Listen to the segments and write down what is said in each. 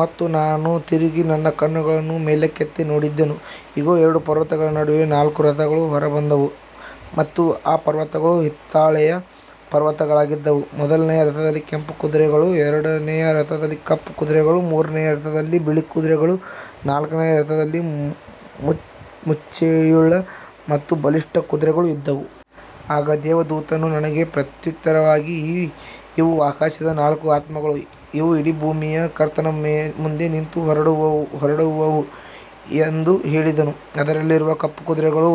ಮತ್ತು ನಾನು ತಿರುಗಿ ನನ್ನ ಕಣ್ಣುಗಳನ್ನು ಮೇಲಕ್ಕೆತ್ತಿ ನೋಡಿದೆನು. ಇಗೋ, ಎರಡು ಪರ್ವತಗಳ ನಡುವೆ ನಾಲ್ಕು ರಥಗಳು ಹೊರಬಂದವು ಮತ್ತು ಆ ಪರ್ವತಗಳು ಹಿತ್ತಾಳೆಯ ಪರ್ವತಗಳಾಗಿದ್ದವು. ಮೊದಲನೆಯ ರಥದಲ್ಲಿ ಕೆಂಪು ಕುದುರೆಗಳೂ, ಎರಡನೆಯ ರಥದಲ್ಲಿ ಕಪ್ಪು ಕುದುರೆಗಳೂ, ಮೂರನೆಯ ರಥದಲ್ಲಿ ಬಿಳಿ ಕುದುರೆಗಳೂ, ನಾಲ್ಕನೆಯ ರಥದಲ್ಲಿ ಮಚ್ಚೆಯುಳ್ಳ ಮತ್ತು ಬಲಿಷ್ಠ ಕುದುರೆಗಳೂ ಇದ್ದವು. ಆಗ ದೇವದೂತನು ನನಗೆ ಪ್ರತ್ಯುತ್ತರವಾಗಿ, ಇವು ಆಕಾಶದ ನಾಲ್ಕು ಆತ್ಮಗಳು, ಇವು ಇಡೀ ಭೂಮಿಯ ಕರ್ತನ ಮುಂದೆ ನಿಂತು ಹೊರಡುವವು ಎಂದು ಹೇಳಿದನು. ಅದರಲ್ಲಿರುವ ಕಪ್ಪು ಕುದುರೆಗಳು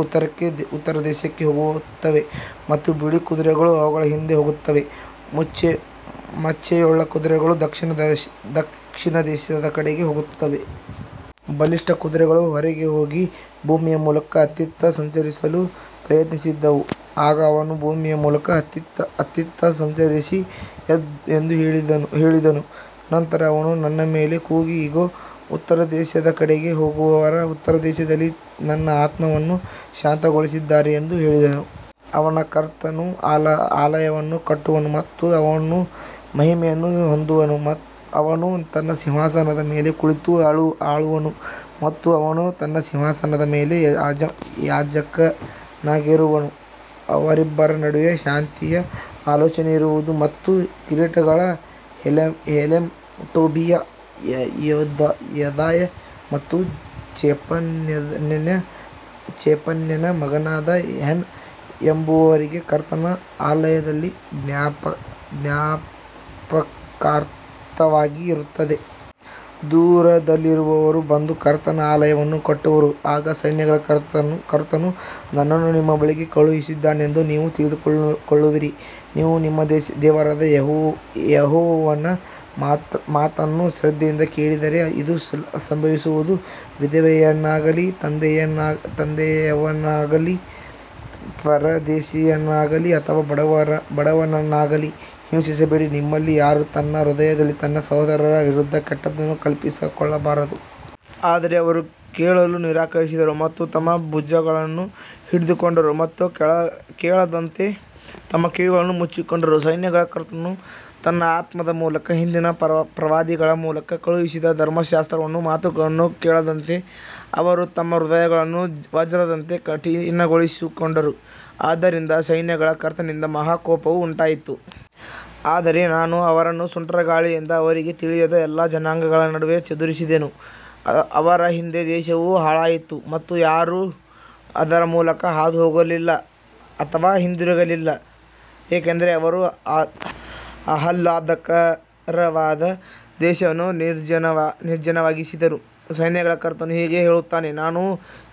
ಉತ್ತರ ದೇಶಕ್ಕೆ ಹೋಗುತ್ತವೆ ಮತ್ತು ಬಿಳಿ ಕುದುರೆಗಳು ಅವುಗಳ ಹಿಂದೆ ಹೋಗುತ್ತವೆ. ಮಚ್ಚೆಯುಳ್ಳ ಕುದುರೆಗಳು ದಕ್ಷಿಣ ದೇಶದ ಕಡೆಗೆ ಹೋಗುತ್ತವೆ. ಬಲಿಷ್ಠ ಕುದುರೆಗಳು ಹೊರಗೆ ಹೋಗಿ ಭೂಮಿಯ ಮೂಲಕ ಅತ್ತಿತ್ತ ಸಂಚರಿಸಲು ಪ್ರಯತ್ನಿಸಿದವು. ಆಗ ಅವನು, ಭೂಮಿಯ ಮೂಲಕ ಅತ್ತಿತ್ತ ಸಂಚರಿಸಿರಿ ಎಂದು ಹೇಳಿದನು. ನಂತರ ಅವನು ನನ್ನ ಮೇಲೆ ಕೂಗಿ, ಇಗೋ, ಉತ್ತರ ದೇಶದ ಕಡೆಗೆ ಹೋಗುವವರು ಉತ್ತರ ದೇಶದಲ್ಲಿ ನನ್ನ ಆತ್ಮವನ್ನು ಶಾಂತಗೊಳಿಸಿದ್ದಾರೆ ಎಂದು ಹೇಳಿದನು. ಅವನು ಕರ್ತನ ಆಲಯವನ್ನು ಕಟ್ಟುವನು ಮತ್ತು ಅವನು ಮಹಿಮೆಯನ್ನು ಹೊಂದುವನು. ಅವನು ತನ್ನ ಸಿಂಹಾಸನದ ಮೇಲೆ ಕುಳಿತು ಆಳುವನು ಮತ್ತು ಅವನು ತನ್ನ ಸಿಂಹಾಸನದ ಮೇಲೆ ಯಾಜಕನಾಗಿರುವನು. ಅವರಿಬ್ಬರ ನಡುವೆ ಶಾಂತಿಯ ಆಲೋಚನೆ ಇರುವುದು. ಮತ್ತು ಕಿರೀಟಗಳು ಹೆಲೆಮ್, ಟೋಬೀಯ, ಯೆದಾಯ ಮತ್ತು ಚೆಫನ್ಯನ ಮಗನಾದ ಹೆನ್ ಎಂಬುವರಿಗೆ ಕರ್ತನ ಆಲಯದಲ್ಲಿ ಜ್ಞಾಪಕಾರ್ಥವಾಗಿ ಇರುತ್ತವೆ. ದೂರದಲ್ಲಿರುವವರು ಬಂದು ಕರ್ತನ ಆಲಯವನ್ನು ಕಟ್ಟುವರು. ಆಗ ಸೈನ್ಯಗಳ ಕರ್ತನು ನನ್ನನ್ನು ನಿಮ್ಮ ಬಳಿಗೆ ಕಳುಹಿಸಿದ್ದಾನೆಂದು ನೀವು ತಿಳಿದುಕೊಳ್ಳುವಿರಿ. ನೀವು ನಿಮ್ಮ ದೇವರಾದ ಯೆಹೋವನ ಮಾತನ್ನು ಶ್ರದ್ಧೆಯಿಂದ ಕೇಳಿದರೆ ಇದು ಸಂಭವಿಸುವುದು. ವಿಧವೆಯನ್ನಾಗಲಿ, ತಂದೆಯಿಲ್ಲದವನನ್ನಾಗಲಿ, ಪರದೇಶಿಯನ್ನಾಗಲಿ ಅಥವಾ ಬಡವನನ್ನಾಗಲಿ ಹಿಂಸಿಸಬೇಡಿ. ನಿಮ್ಮಲ್ಲಿ ಯಾರೂ ತನ್ನ ಹೃದಯದಲ್ಲಿ ತನ್ನ ಸಹೋದರನ ವಿರುದ್ಧ ಕೆಟ್ಟದ್ದನ್ನು ಕಲ್ಪಿಸಿಕೊಳ್ಳಬಾರದು. ಆದರೆ ಅವರು ಕೇಳಲು ನಿರಾಕರಿಸಿದರು ಮತ್ತು ತಮ್ಮ ಭುಜಗಳನ್ನು ಹಿಂಡಿಕೊಂಡರು ಮತ್ತು ಕೇಳದಂತೆ ತಮ್ಮ ಕಿವಿಗಳನ್ನು ಮುಚ್ಚಿಕೊಂಡರು. ಸೈನ್ಯಗಳ ಕರ್ತನು ತನ್ನ ಆತ್ಮದ ಮೂಲಕ ಹಿಂದಿನ ಪ್ರವಾದಿಗಳ ಮೂಲಕ ಕಳುಹಿಸಿದ ಧರ್ಮಶಾಸ್ತ್ರವನ್ನೂ ಮಾತುಗಳನ್ನೂ ಕೇಳದಂತೆ ಅವರು ತಮ್ಮ ಹೃದಯಗಳನ್ನು ವಜ್ರದಂತೆ ಕಠಿಣಗೊಳಿಸಿಕೊಂಡರು. ಆದ್ದರಿಂದ ಸೈನ್ಯಗಳ ಕರ್ತನಿಂದ ಮಹಾ ಕೋಪವು ಉಂಟಾಯಿತು. ಆದರೆ ನಾನು ಅವರನ್ನು ಸುಂಟರಗಾಳಿಯಿಂದ ಅವರಿಗೆ ತಿಳಿಯದ ಎಲ್ಲಾ ಜನಾಂಗಗಳ ನಡುವೆ ಚದುರಿಸಿದೆನು. ಅವರ ಹಿಂದೆ ದೇಶವು ಹಾಳಾಯಿತು ಮತ್ತು ಯಾರೂ ಅದರ ಮೂಲಕ ಹಾದುಹೋಗಲಿಲ್ಲ ಅಥವಾ ಹಿಂದಿರುಗಲಿಲ್ಲ. ಏಕೆಂದರೆ ಅವರು ಆಹ್ಲಾದಕರವಾದ ದೇಶವನ್ನು ನಿರ್ಜನವಾಗಿಸಿದರು. ಸೈನ್ಯಗಳ ಕರ್ತನು ಹೀಗೆ ಹೇಳುತ್ತಾನೆ, ನಾನು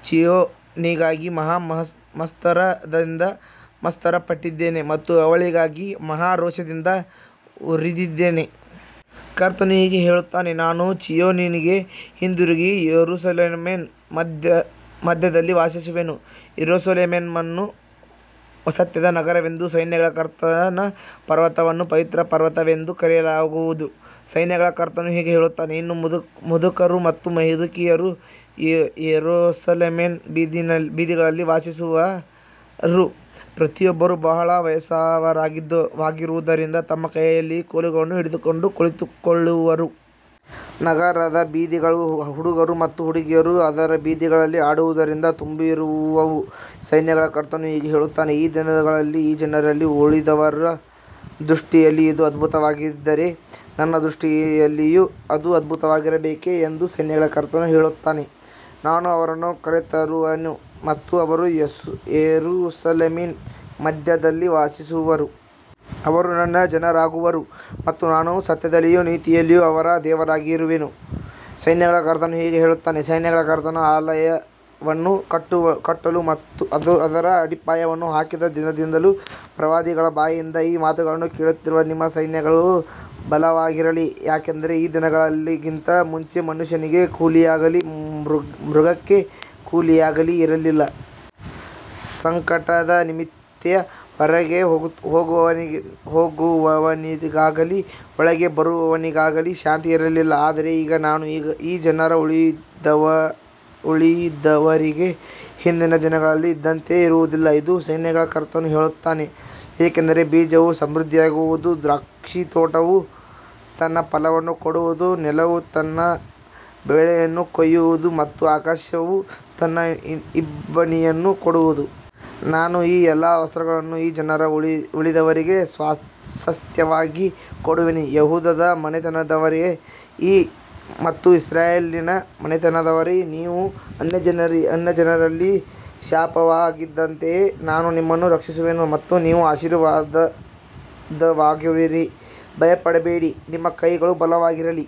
ಚೀಯೋನಿಗಾಗಿ ಮಹಾ ಮತ್ಸರದಿಂದ ಮತ್ಸರಪಟ್ಟಿದ್ದೇನೆ ಮತ್ತು ಅವಳಿಗಾಗಿ ಮಹಾ ರೋಷದಿಂದ ಉರಿದಿದ್ದೇನೆ. ಕರ್ತನು ಹೀಗೆ ಹೇಳುತ್ತಾನೆ, ನಾನು ಚೀಯೋನಿಗೆ ಹಿಂದಿರುಗಿ ಯೆರೂಸಲೇಮಿನ ಮಧ್ಯದಲ್ಲಿ ವಾಸಿಸುವೆನು. ಯೆರೂಸಲೇಮನ್ನು ಸತ್ಯದ ನಗರವೆಂದೂ ಸೈನ್ಯಗಳ ಕರ್ತನ ಪರ್ವತವನ್ನು ಪವಿತ್ರ ಪರ್ವತವೆಂದೂ ಕರೆಯಲಾಗುವುದು. ಸೈನ್ಯಗಳ ಕರ್ತನು ಹೀಗೆ ಹೇಳುತ್ತಾನೆ, ಇನ್ನೂ ಮುದುಕರು ಮತ್ತು ಮುದುಕಿಯರು ಯೆರೂಸಲೇಮಿನ ಬೀದಿಗಳಲ್ಲಿ ವಾಸಿಸುವರು. ಪ್ರತಿಯೊಬ್ಬರೂ ಬಹಳ ವಯಸ್ಸಾದವರಾಗಿರುವುದರಿಂದ ತಮ್ಮ ಕೈಯಲ್ಲಿ ಕೋಲುಗಳನ್ನು ಹಿಡಿದುಕೊಂಡು ಕುಳಿತುಕೊಳ್ಳುವರು. ನಗರದ ಬೀದಿಗಳು ಹುಡುಗರು ಮತ್ತು ಹುಡುಗಿಯರು ಅದರ ಬೀದಿಗಳಲ್ಲಿ ಆಡುವುದರಿಂದ ತುಂಬಿರುವವು. ಸೈನ್ಯಗಳ ಕರ್ತನು ಹೀಗೆ ಹೇಳುತ್ತಾನೆ, ಈ ದಿನಗಳಲ್ಲಿ ಈ ಜನರಲ್ಲಿ ಉಳಿದವರ ದೃಷ್ಟಿಯಲ್ಲಿ ಇದು ಅದ್ಭುತವಾಗಿದ್ದರೆ, ನನ್ನ ದೃಷ್ಟಿಯಲ್ಲಿಯೂ ಅದು ಅದ್ಭುತವಾಗಿರಬೇಕೇ ಎಂದು ಸೈನ್ಯಗಳ ಕರ್ತನು ಹೇಳುತ್ತಾನೆ. ನಾನು ಅವರನ್ನು ಕರೆತರುವೆನು ಮತ್ತು ಅವರು ಯೆರೂಸಲೇಮಿನ ಮಧ್ಯದಲ್ಲಿ ವಾಸಿಸುವರು. ಅವರು ನನ್ನ ಜನರಾಗುವರು ಮತ್ತು ನಾನು ಸತ್ಯದಲ್ಲಿಯೂ ನೀತಿಯಲ್ಲಿಯೂ ಅವರ ದೇವರಾಗಿರುವೆನು. ಸೈನ್ಯಗಳ ಕರ್ತನು ಹೀಗೆ ಹೇಳುತ್ತಾನೆ, ಸೈನ್ಯಗಳ ಕರ್ತನ ಆಲಯವನ್ನು ಕಟ್ಟಲು ಅದರ ಅಡಿಪಾಯವನ್ನು ಹಾಕಿದ ದಿನದಿಂದಲೂ ಪ್ರವಾದಿಗಳ ಬಾಯಿಂದ ಈ ಮಾತುಗಳನ್ನು ಕೇಳುತ್ತಿರುವ ನಿಮ್ಮ ಕೈಗಳು ಬಲವಾಗಿರಲಿ. ಯಾಕಂದರೆ ಈ ದಿನಗಳಿಗಿಂತ ಮುಂಚೆ ಮನುಷ್ಯನಿಗೆ ಕೂಲಿಯಾಗಲಿ, ಮೃಗಕ್ಕೆ ಕೂಲಿಯಾಗಲಿ ಇರಲಿಲ್ಲ. ಸಂಕಟದ ನಿಮಿತ್ತ ಹೊರಗೆ ಹೋಗುವವನಿಗಾಗಲಿ ಒಳಗೆ ಬರುವವನಿಗಾಗಲಿ ಶಾಂತಿ ಇರಲಿಲ್ಲ. ಆದರೆ ಈಗ ನಾನು ಈ ಜನರ ಉಳಿದವರಿಗೆ ಹಿಂದಿನ ದಿನಗಳಲ್ಲಿ ಇದ್ದಂತೆಯೇ ಇರುವುದಿಲ್ಲ ಎಂದು ಸೈನ್ಯಗಳ ಕರ್ತನು ಹೇಳುತ್ತಾನೆ. ಏಕೆಂದರೆ ಬೀಜವು ಸಮೃದ್ಧಿಯಾಗುವುದು, ದ್ರಾಕ್ಷಿತೋಟವು ತನ್ನ ಫಲವನ್ನು ಕೊಡುವುದು, ನೆಲವು ತನ್ನ ಬೆಳೆಯನ್ನು ಕೊಡುವುದು ಮತ್ತು ಆಕಾಶವು ತನ್ನ ಇಬ್ಬನಿಯನ್ನು ಕೊಡುವುದು. ನಾನು ಈ ಎಲ್ಲಾ ವಸ್ತುಗಳನ್ನು ಈ ಜನರ ಉಳಿದವರಿಗೆ ಸ್ವಾಸ್ತ್ಯವಾಗಿ ಕೊಡುವೆನು. ಯೆಹೂದದ ಮನೆತನದವರೇ ಮತ್ತು ಇಸ್ರಾಯೇಲಿನ ಮನೆತನದವರೇ, ನೀವು ಅನ್ಯಜನರಲ್ಲಿ ಶಾಪವಾಗಿದ್ದಂತೆಯೇ ನಾನು ನಿಮ್ಮನ್ನು ರಕ್ಷಿಸುವೆನು ಮತ್ತು ನೀವು ಆಶೀರ್ವಾದವಾಗುವಿರಿ. ಭಯಪಡಬೇಡಿ, ನಿಮ್ಮ ಕೈಗಳು ಬಲವಾಗಿರಲಿ.